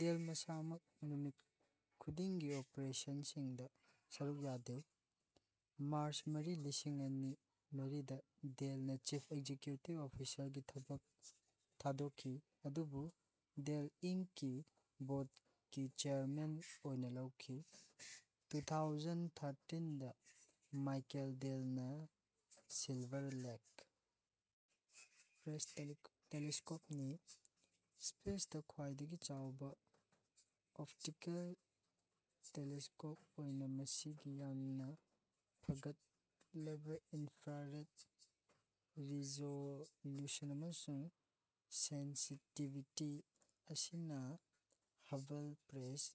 Dell ꯃꯁꯥꯃꯛ ꯅꯨꯃꯤꯠ ꯈꯨꯗꯤꯡꯒꯤ ꯑꯣꯄꯔꯦꯁꯟꯁꯤꯡꯗꯥ ꯁꯔꯨꯛ ꯌꯥꯗꯦ꯫ ꯃꯥꯔꯆ ꯃꯔꯤ ꯂꯤꯁꯤꯡ ꯑꯅꯤ ꯃꯔꯤꯗꯥ ꯗꯦꯜꯅꯥ ꯆꯤꯐ ꯑꯦꯛꯖꯤꯀ꯭ꯌꯨꯇꯤꯚ ꯑꯣꯐꯤꯁꯔ ꯒꯤ ꯊꯕꯛ ꯊꯥꯗꯣꯛꯈꯤ ꯑꯗꯨꯕꯨ ꯗꯦꯜ ꯏꯟꯛꯀꯤ ꯕꯣꯔꯗꯀꯤ ꯆꯦꯌꯔꯃꯦꯟ ꯑꯣꯏꯅꯥ ꯂꯩꯈꯤ꯫ ꯇꯨ ꯊꯥꯎꯖꯟ ꯊꯥꯔꯇꯤꯟꯗꯥ ꯃꯥꯏꯀꯦꯜ ꯗꯦꯜꯅꯥ ꯁꯤꯜꯚꯔ ꯂꯦꯛ ꯇꯦꯂꯤꯁꯀꯣꯞꯅꯤ꯫ ꯁ꯭ꯄꯦꯁꯇꯥ ꯈ꯭ꯋꯥꯏꯗꯒꯤ ꯆꯥꯎꯕ ꯑꯣꯞꯇꯤꯀꯦꯜ ꯇꯦꯂꯤꯁꯀꯣꯞ ꯑꯣꯏꯅ ꯃꯁꯤꯒꯤ ꯌꯥꯝꯅ ꯐꯒꯠꯂꯕ ꯏꯟꯐ꯭ꯔꯥꯔꯦꯗ ꯔꯤꯖꯣꯂꯨꯁꯟ ꯑꯃꯁꯨꯡ ꯁꯦꯟꯁꯤꯇꯤꯕꯤꯇꯤ ꯑꯁꯤꯅ ꯍꯕꯜ ꯁ꯭ꯄꯦꯁ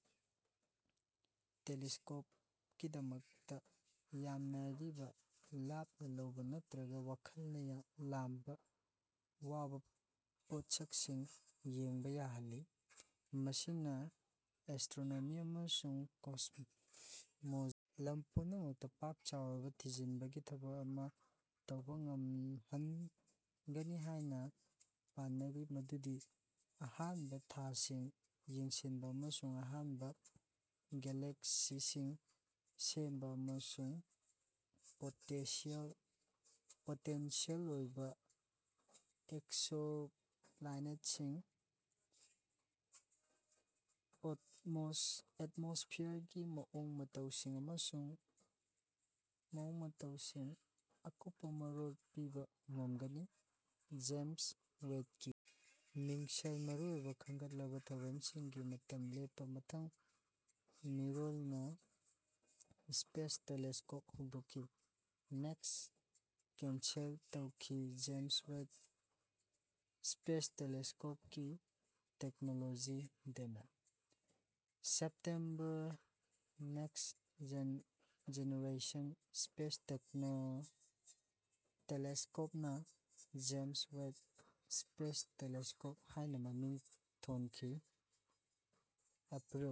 ꯇꯦꯂꯤꯁꯀꯣꯞꯀꯤꯗꯃꯛꯇꯥ ꯌꯥꯝꯅ ꯑꯔꯤꯕ ꯂꯥꯞꯅ ꯂꯩꯕ ꯅꯠꯇ꯭ꯔꯒ ꯋꯥꯈꯜꯅ ꯂꯥꯝꯕ ꯋꯥꯕ ꯄꯣꯠꯁꯛꯁꯤꯡ ꯌꯦꯡꯕ ꯌꯥꯍꯜꯂꯤ꯫ ꯃꯁꯤꯅ ꯑꯦꯁꯇ꯭ꯔꯣꯅꯣꯃꯤ ꯑꯃꯁꯨꯡ ꯀꯣꯁꯃꯣꯂꯣꯖꯤꯒꯤ ꯂꯝ ꯄꯨꯝꯅꯃꯛꯇꯥ ꯄꯥꯛ ꯆꯥꯎꯔꯕ ꯊꯤꯖꯤꯟꯕꯒꯤ ꯊꯕꯛ ꯑꯃꯥ ꯇꯧꯕ ꯉꯝꯍꯟꯒꯅꯤ ꯍꯥꯏꯅ ꯄꯥꯅꯔꯤ ꯃꯗꯨꯗꯤ ꯑꯍꯥꯟꯕ ꯊꯥꯁꯤꯡ ꯌꯦꯡꯁꯤꯟꯕ ꯑꯃꯁꯨꯡ ꯑꯍꯥꯟꯕ ꯒꯦꯂꯦꯛꯁꯤꯁꯤꯡ ꯁꯦꯝꯕ ꯑꯃꯁꯨꯡ ꯄꯣꯇꯦꯟꯁꯤꯌꯦꯜ ꯑꯣꯏꯕ ꯑꯦꯛꯁꯣ ꯄ꯭ꯂꯥꯅꯦꯠꯁꯤꯡꯒꯤ ꯑꯦꯠꯃꯣꯁꯐꯤꯌꯔꯒꯤ ꯃꯑꯣꯡ ꯃꯇꯧꯁꯤꯡ ꯑꯀꯨꯞꯄ ꯃꯔꯣꯜ ꯄꯤꯕ ꯉꯝꯒꯅꯤ꯫ ꯖꯦꯝꯁ ꯋꯦꯕꯀꯤ ꯃꯤꯡꯁꯦꯜ ꯃꯔꯨꯑꯣꯏꯕ ꯈꯟꯒꯠꯂꯕ ꯊꯧꯔꯝꯁꯤꯡꯒꯤ ꯃꯇꯝ ꯂꯦꯞꯄ ꯃꯊꯪ ꯃꯤꯔꯣꯜꯒꯤ ꯁ꯭ꯄꯦꯁ ꯇꯦꯂꯤꯁꯀꯣꯞ ꯍꯧꯗꯣꯛꯈꯤ꯫ ꯅꯦꯛꯁꯁ ꯀꯦꯟꯁꯦꯜ ꯇꯧꯈꯤ ꯖꯦꯝꯁ ꯋꯦꯕ ꯁ꯭ꯄꯦꯁ ꯇꯦꯂꯦꯁꯀꯣꯞꯀꯤ technology demo. September next generation space ꯇꯦꯂꯦꯁꯀꯣꯞꯅ ꯖꯦꯝꯁ ꯋꯦꯕ ꯁ꯭ꯄꯦꯁ ꯇꯦꯂꯤꯁꯀꯣꯞ ꯍꯥꯏꯅ ꯃꯃꯤꯡ ꯊꯣꯟꯈꯤ꯫ ꯑꯦꯄ꯭ꯔꯤꯜ